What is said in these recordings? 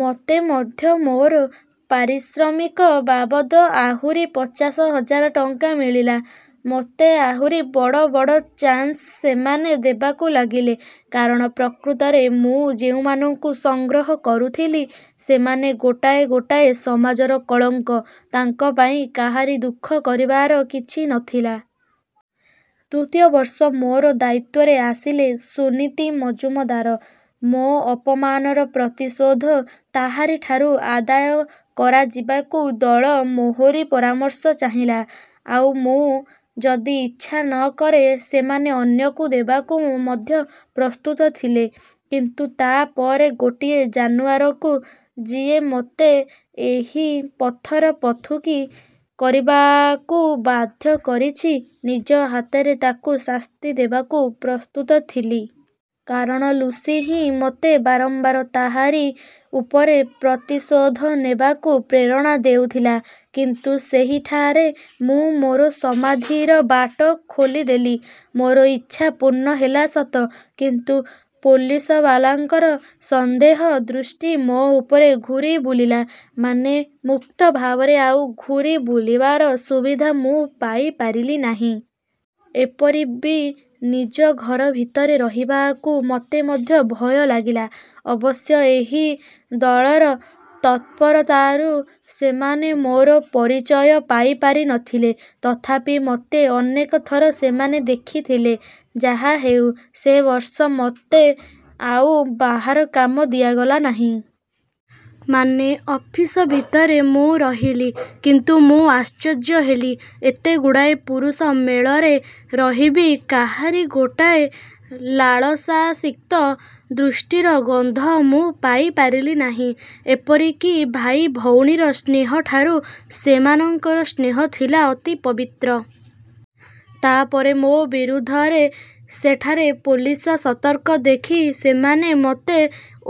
ମୋତେ ମଧ୍ୟ ମୋର ପାରିଶ୍ରମିକ ବାବଦ ଆହୁରି ପଚାଶ ହଜାର ଟଙ୍କା ମିଳିଲା। ମୋତେ ଆହୁରି ବଡ଼ ବଡ଼ ଚାନ୍ସ ସେମାନେ ଦେବାକୁ ଲାଗିଲେ। କାରଣ, ପ୍ରକୃତରେ ମୁଁ ଯେଉଁମାନଙ୍କୁ ସଂଗ୍ରହ କରୁଥିଲି, ସେମାନେ ଗୋଟାଏ ଗୋଟାଏ ସମାଜର କଳଙ୍କ। ତାଙ୍କ ପାଇଁ କାହାରି ଦୁଃଖ କରିବାର କିଛି ନ ଥିଲା। ଦ୍ୱିତୀୟ ବର୍ଷ ମୋର ଦାୟିତ୍ୱରେ ଆସିଲେ ସୁନୀତି ମଜୁମଦାର। ମୋ ଅପମାନର ପ୍ରତିଶୋଧ ତାହାରିଠାରୁ ଆଦାୟ କରାଯିବାକୁ ଦଳ ମୋହରି ପରାମର୍ଶ ଚାହିଁଲା। ଆଉ ମୁଁ। ଯଦି ଇଚ୍ଛା ନ କରେ, ସେମାନେ ଅନ୍ୟକୁ ଦେବାକୁ ମଧ୍ୟ ପ୍ରସ୍ତୁତ ଥିଲେ। କିନ୍ତୁ ତା ପରେ ଗୋଟିଏ ଜାନୁଆରକୁ, ଯିଏ ମୋତେ ଏହି ପଥର ପଥୁକୀ କରିବାକୁ ବାଧ୍ୟ କରିଛି, ନିଜ ହାତରେ ତାକୁ ଶାସ୍ତି ଦେବାକୁ ପ୍ରସ୍ତୁତ ଥିଲି। କାରଣ ଲୁସି ହିଁ ମୋତେ ବାରମ୍ବାର ତାହାରି ଉପରେ ପ୍ରତିଶୋଧ ନେବାକୁ ପ୍ରେରଣା ଦେଉଥିଲା। କିନ୍ତୁ ସେହିଠାରେ ମୁଁ ମୋର ସମାଧିର ବାଟ ଖୋଲିଦେଲି। ମୋର ଇଚ୍ଛା ପୂର୍ଣ୍ଣ ହେଲା ସତ; କିନ୍ତୁ ପୋଲିସବାଲାଙ୍କର ସନ୍ଦେହ ଦୃଷ୍ଟି ମୋ ଉପରେ ଘୂରି ବୁଲିଲା। ମାନେ, ମୁକ୍ତ ଭାବରେ ଆଉ ଘୂରି ବୁଲିବାର ସୁବିଧା ମୁଁ ପାଇପାରିଲି ନାହିଁ। ଏପରି ବି ନିଜ ଘର ଭିତରେ ରହିବାକୁ ମୋତେ ମଧ୍ୟ ଭୟ ଲାଗିଲା। ଅବଶ୍ୟ ଏହି ଦଳର ତତ୍ପରତାରୁ ସେମାନେ ମୋର ପରିଚୟ ପାଇ ପାରି ନ ଥିଲେ। ତଥାପି ମୋତେ ଅନେକଥର ସେମାନେ ଦେଖିଥିଲେ। ଯାହା ହେଉ, ସେ ବର୍ଷ ମୋତେ ଆଉ ବାହାର କାମ ଦିଆଗଲା ନାହିଁ। ମାନେ, ଅଫିସ ଭିତରେ ମୁଁ ରହିଲି। କିନ୍ତୁ ମୁଁ ଆଶ୍ଚର୍ଯ୍ୟ ହେଲି, ଏତେଗୁଡ଼ାଏ ପୁରୁଷ ମେଳରେ ରହି ବି କାହାରି ଗୋଟାଏ ଲାଳସାସିକ୍ତ ଦୃଷ୍ଟିର ଗନ୍ଧ ମୁଁ ପାଇ ପାରିଲି ନାହିଁ। ଏପରି କି ଭାଇ ଭଉଣୀର ସ୍ନେହଠାରୁ ସେମାନଙ୍କର ସ୍ନେହ ଥିଲା ଅତି ପବିତ୍ର। ତା ପରେ ମୋ ବିରୁଦ୍ଧରେ ସେଠାରେ ପୋଲିସ ସତର୍କ ଦେଖି, ସେମାନେ ମୋତେ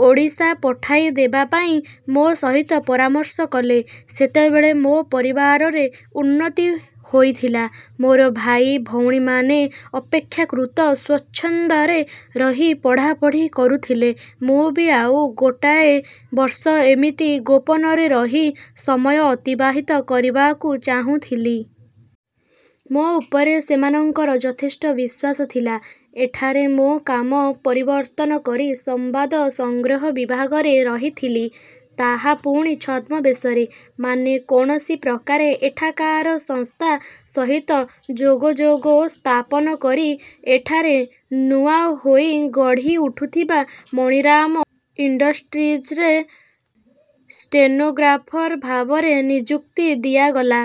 ଓଡ଼ିଶା ପଠାଇ ଦେବା ପାଇଁ ମୋ ସହିତ ପରାମର୍ଶ କଲେ। ସେତେବେଳେ ମୋ ପରିବାରରେ ଉନ୍ନତି ହୋଇଥିଲା। ମୋର ଭାଇ, ଭଉଣୀମାନେ ଅପେକ୍ଷାକୃତ ସ୍ୱଚ୍ଛନ୍ଦରେ ରହି ପଢ଼ାପଢ଼ି କରୁଥିଲେ। ମୁଁ ବି ଆଉ ଗୋଟାଏ ବର୍ଷ ଏମିତି ଗୋପନରେ ରହି ସମୟ ଅତିବାହିତ କରିବାକୁ ଚାହୁଁଥିଲି। ମୋ ଉପରେ ସେମାନଙ୍କର ଯଥେଷ୍ଟ ବିଶ୍ୱାସ ଥିଲା। ଏଠାରେ ମୋ କାମ ପରିବର୍ତ୍ତନ କରି ସମ୍ବାଦ ସଂଗ୍ରହ ବିଭାଗରେ ରହିଥିଲି। ତାହା ପୁଣି ଛଦ୍ମବେଶରେ। ମାନେ, କୌଣସି ପ୍ରକାରେ ଏଠାକାର ସଂସ୍ଥା ସହିତ ଯୋଗଯୋଗ ସ୍ଥାପନ କରି, ଏଠାରେ ନୂଆ ହୋଇ ଗଢ଼ି ଉଠୁଥିବା ମଣିରାମ ଇଣ୍ଡଷ୍ଟ୍ରିଜରେ ଷ୍ଟେନୋଗ୍ରାଫର୍ ଭାବରେ ନିଯୁକ୍ତି ଦିଆଗଲା।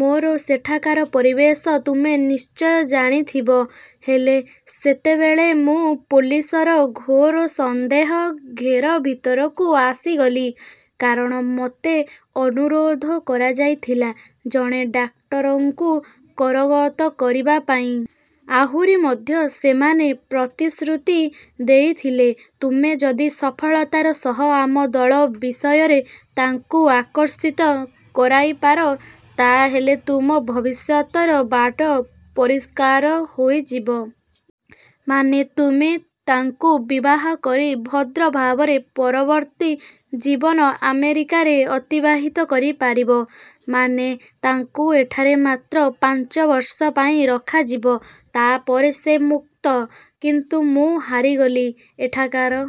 ମୋର ସେଠାକାର ପରିବେଶ ତୁମେ ନିଶ୍ଚୟ ଜାଣିଥିବ। ହେଲେ, ସେତେବେଳେ ମୁଁ ପୋଲିସର ଘୋର ସନ୍ଦେହ ଘେର ଭିତରକୁ ଆସିଗଲି। କାରଣ ମୋତେ ଅନୁରୋଧ କରାଯାଇଥିଲା ଜଣେ ଡାକ୍ଟରଙ୍କୁ କରଗତ କରିବା ପାଇଁ। ଆହୁରି ମଧ୍ୟ ସେମାନେ ପ୍ରତିଶ୍ରୁତି ଦେଇଥିଲେ-ତୁମେ ଯଦି ସଫଳତାର ସହ ଆମ ଦଳ ବିଷୟରେ ତାଙ୍କୁ ଆକର୍ଷିତ କରାଇପାର, ତା ହେଲେ ତୁମ ଭବିଷ୍ୟତର ବାଟ ପରିଷ୍କାର ହୋଇଯିବ। ମାନେ, ତୁମେ ତାଙ୍କୁ ବିବାହ କରି ଭଦ୍ର ଭାବରେ ପରବର୍ତ୍ତୀ ଜୀବନ ଆମେରିକାରେ ଅତିବାହିତ କରିପାରିବ। ମାନେ, ତାଙ୍କୁ ଏଠାରେ ମାତ୍ର ପାଞ୍ଚ ବର୍ଷ ପାଇଁ ରଖାଯିବ। ତା ପରେ ସେ ମୁକ୍ତ। କିନ୍ତୁ ମୁଁ ହାରିଗଲି। ଏଠାକାର